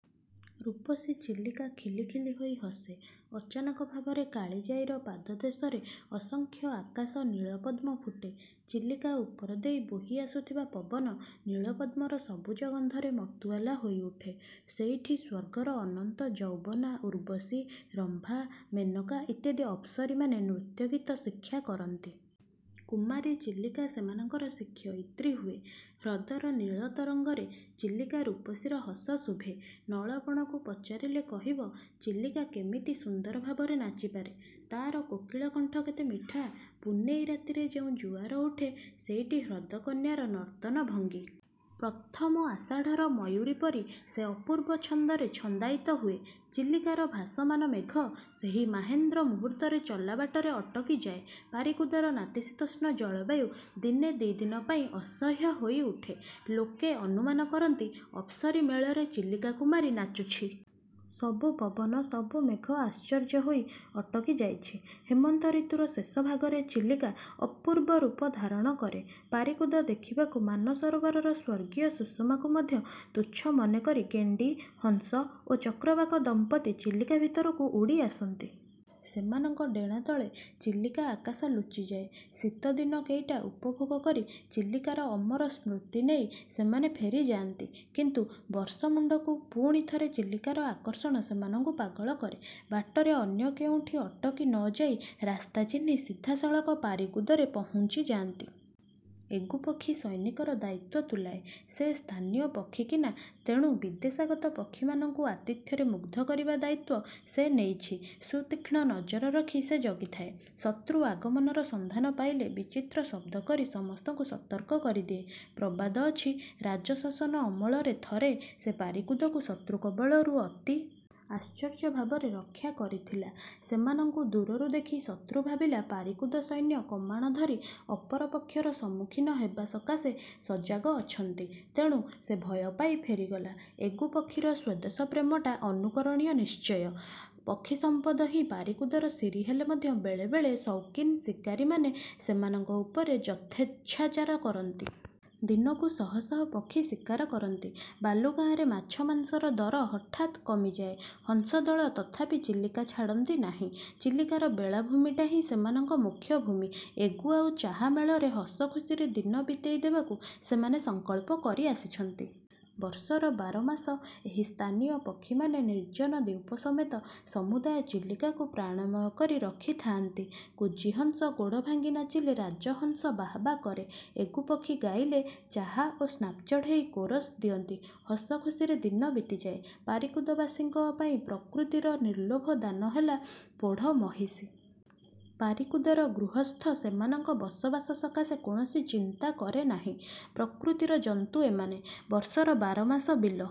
ରୂପସୀ ଚିଲିକା ଖିଲି ଖିଲି ହୋଇ ହସେ। ଅଚାନକ ଭାବରେ କାଳିଜାଈର ପାଦଦେଶରେ ଅସଂଖ୍ୟ ଆକାଶ-ନୀଳ-ପଦ୍ମ ଫୁଟେ। ଚିଲିକା ଉପର ଦେଇ ବୋହିଆସୁଥିବା ପବନ, ନୀଳପଦ୍ମର ସବୁଜ ଗନ୍ଧରେ ମତୁଆଲା ହୋଇ ଉଠେ। ସେଇଠି ସ୍ୱର୍ଗର ଅନନ୍ତ ଯୌବନା ଉର୍ବଶୀ, ରମ୍ଭା, ମେନକା ଇତ୍ୟାଦି ଅପ୍ସରୀମାନେ ନୃତ୍ୟଗୀତ ଶିକ୍ଷା କରନ୍ତି। କୁମାରୀ ଚିଲିକା ସେମାନଙ୍କର ଶିକ୍ଷୟିତ୍ରୀ ହୁଏ। ହ୍ରଦର ନୀଳ ତରଙ୍ଗରେ ଚିଲିକା ରୂପସୀର ହସ ଶୁଭେ। ନଳବଣକୁ ପଚାରିଲେ କହିବ, ଚିଲିକା କେମିତି ସୁନ୍ଦର ଭାବରେ ନାଚିପାରେ। ତାର କୋକିଳ-କଣ୍ଠ କେତେ ମିଠା! ପୂନେଇ ରାତିରେ ଯେଉଁ ଜୁଆର ଉଠେ, ସେଇଟି ହ୍ରଦ-କନ୍ୟାର ନର୍ତ୍ତନ ଭଙ୍ଗୀ। ପ୍ରଥମ ଆଷାଢ଼ର ମୟୂରୀ ପରି ସେ ଅପୂର୍ବ ଛନ୍ଦରେ ଛନ୍ଦାୟିତ ହୁଏ। ଚିଲିକାର ଭାସମାନ ମେଘ ସେହି ମାହେନ୍ଦ୍ର ମୂହୂର୍ତ୍ତରେ ଚଲାବାଟରେ ଅଟକି ଯାଏ। ପାରିକୁଦର ନାତିଶୀତୋଷ୍ଣ ଜଳବାୟୁ ଦିନେ ଦି'ଦିନ ପାଇଁ ଅସହ୍ୟ ହୋଇ ଉଠେ। ଲୋକେ ଅନୁମାନ କରନ୍ତି, ଅପ୍ସରୀ ମେଳରେ ଚିଲିକା-କୁମାରୀ ନାଚୁଛି। ସବୁ ପବନ, ସବୁ ମେଘ ଆଶ୍ଚର୍ଯ୍ୟ ହୋଇ ଅଟକି ଯାଇଛି। ହେମନ୍ତ ଋତୁର ଶେଷ ଭାଗରେ ଚିଲିକା ଅପୂର୍ବ ରୂପ ଧାରଣ କରେ। ପାରିକୁଦ ଦେଖିବାକୁ, ମାନସରୋବରର ସ୍ୱର୍ଗୀୟ ସୁଷମାକୁ ମଧ୍ୟ ତୁଚ୍ଛ ମନେ କରି ଗେଣ୍ଡି, ହଂସ ଓ ଚକ୍ରବାକ ଦମ୍ପତ୍ତି ଚିଲିକା ଭିତରକୁ ଉଡ଼ି ଆସନ୍ତି। ସେମାନଙ୍କ ଡେଣା ତଳେ ଚିଲିକା ଆକାଶ ଲୁଚିଯାଏ। ଶୀତଦିନ କେଇଟା ଉପଭୋଗ କରି ଚିଲିକାର ଅମର ସ୍ମୃତି ନେଇ ସେମାନେ ଫେରି ଯାଆନ୍ତି। କିନ୍ତୁ ବର୍ଷ ମୁଣ୍ଡକୁ ପୁଣି ଥରେ ଚିଲିକାର ଆକର୍ଷଣ ସେମାନଙ୍କୁ ପାଗଳ କରେ। ବାଟରେ ଅନ୍ୟ କେଉଁଠି ଅଟକି ନ ଯାଇ ରାସ୍ତା ଚିହ୍ନି ସିଧାସଳଖ ପାରିକୁଦରେ ପହୁଞ୍ଚିଯାନ୍ତି। ଏଗୁପକ୍ଷୀ ସୈନିକର ଦାୟିତ୍ୱ ତୁଲାଏ। ସେ ସ୍ଥାନୀୟ ପକ୍ଷୀ କିନା, ତେଣୁ ବିଦେଶାଗତ ପକ୍ଷୀମାନଙ୍କୁ ଆତିଥ୍ୟରେ ମୁଗ୍ଧ କରିବା ଦାୟିତ୍ୱ ସେ ନେଇଛି। ସୁତୀକ୍ଷ୍ଣ ନଜର ରଖି ସେ ଜଗିଥାଏ। ଶତ୍ରୁ ଆଗମନର ସନ୍ଧାନ ପାଇଲେ ବିଚିତ୍ର ଶବ୍ଦ କରି ସମସ୍ତଙ୍କୁ ସତର୍କ କରିଦିଏ। ପ୍ରବାଦ ଅଛି, ରାଜ-ଶାସନ ଅମଳରେ ଥରେ ସେ ପାରିକୁଦକୁ ଶତ୍ରୁ କବଳରୁ ଅତି। ଆଶ୍ଚର୍ଯ୍ୟ ଭାବରେ ରକ୍ଷା କରିଥିଲା। ସେମାନଙ୍କୁ ଦୂରରୁ ଦେଖି ଶତ୍ରୁ ଭାବିଲା ପାରିକୁଦ ସୈନ୍ୟ କମାଣ ଧରି ଅପର ପକ୍ଷର ସମ୍ମୁଖୀନ ହେବା ସକାଶେ ସଜାଗ ଅଛନ୍ତି। ତେଣୁ ସେ ଭୟ ପାଇ ଫେରିଗଲା। ଏଗୁପକ୍ଷୀର ସ୍ୱଦେଶ ପ୍ରେମଟା ଅନୁକରଣୀୟ ନିଶ୍ଚୟ! ପକ୍ଷୀସମ୍ପଦ ହିଁ ପାରିକୁଦର ଶୀରି ହେଲେ ମଧ୍ୟ ବେଳେ ବେଳେ ସୌକିନ ଶିକାରୀମାନେ ସେମାନଙ୍କ ଉପରେ ଯଥେଚ୍ଛାଚାର କରନ୍ତି। ଦିନକୁ ଶହ ଶହ ପକ୍ଷୀ ଶିକାର କରନ୍ତି-। ବାଲୁଗାଁରେ ମାଛ ମାଂସର ଦର ହଠାତ୍ କମିଯାଏ। ହଂସଦଳ ତଥାପି ଚିଲିକା ଛାଡ଼ନ୍ତି ନାହିଁ। ଚିଲିକାର ବେଳାଭୂମିଟାହିଁ ସେମାନଙ୍କ ମୋକ୍ଷଭୂମି। 'ଏଗୁ' ଆଉ 'ଚାହା' ମେଳରେ ହସ ଖୁସିରେ ଦିନ ବିତେଇ ଦେବାକୁ ସେମାନେ ସଂକଳ୍ପ କରି ଆସିଛନ୍ତି। ବର୍ଷର ବାରମାସ ଏହି ସ୍ଥାନୀୟ ପକ୍ଷୀମାନେ ନିର୍ଜନ ଦ୍ୱୀପ ସମେତ ସମୁଦାୟ ଚିଲିକାକୁ ପ୍ରାଣମୟ କରି ରଖିଥାଆନ୍ତି। କୁଜୀ ହଂସ ଗୋଡ଼ ଭାଙ୍ଗି ନାଚିଲେ ରାଜହଂସ ବାହାବା କରେ। ଏଗୁପକ୍ଷୀ ଗାଇଲେ ଚାହା ଓ ସ୍ନାପ୍ଚଢ଼େଇ କୋରସ୍ ଦିଅନ୍ତି। ହସ ଖୁସିରେ ଦିନ ବିତିଯାଏ। ପାରିକୁଦବାସୀଙ୍କ ପାଇଁ ପ୍ରକୃତିର ନିର୍ଲୋଭ ଦାନ ହେଲା ପୋଢ଼ ମହିଷୀ। ପାରିକୁଦର ଗୃହସ୍ଥ ସେମାନଙ୍କ ବସବାସ ସକାଶେ କୌଣସି ଚିନ୍ତା କରେନାହିଁ। ପ୍ରକୃତିର ଜନ୍ତୁ ଏମାନେ। ବର୍ଷର ବାରମାସ ବିଲ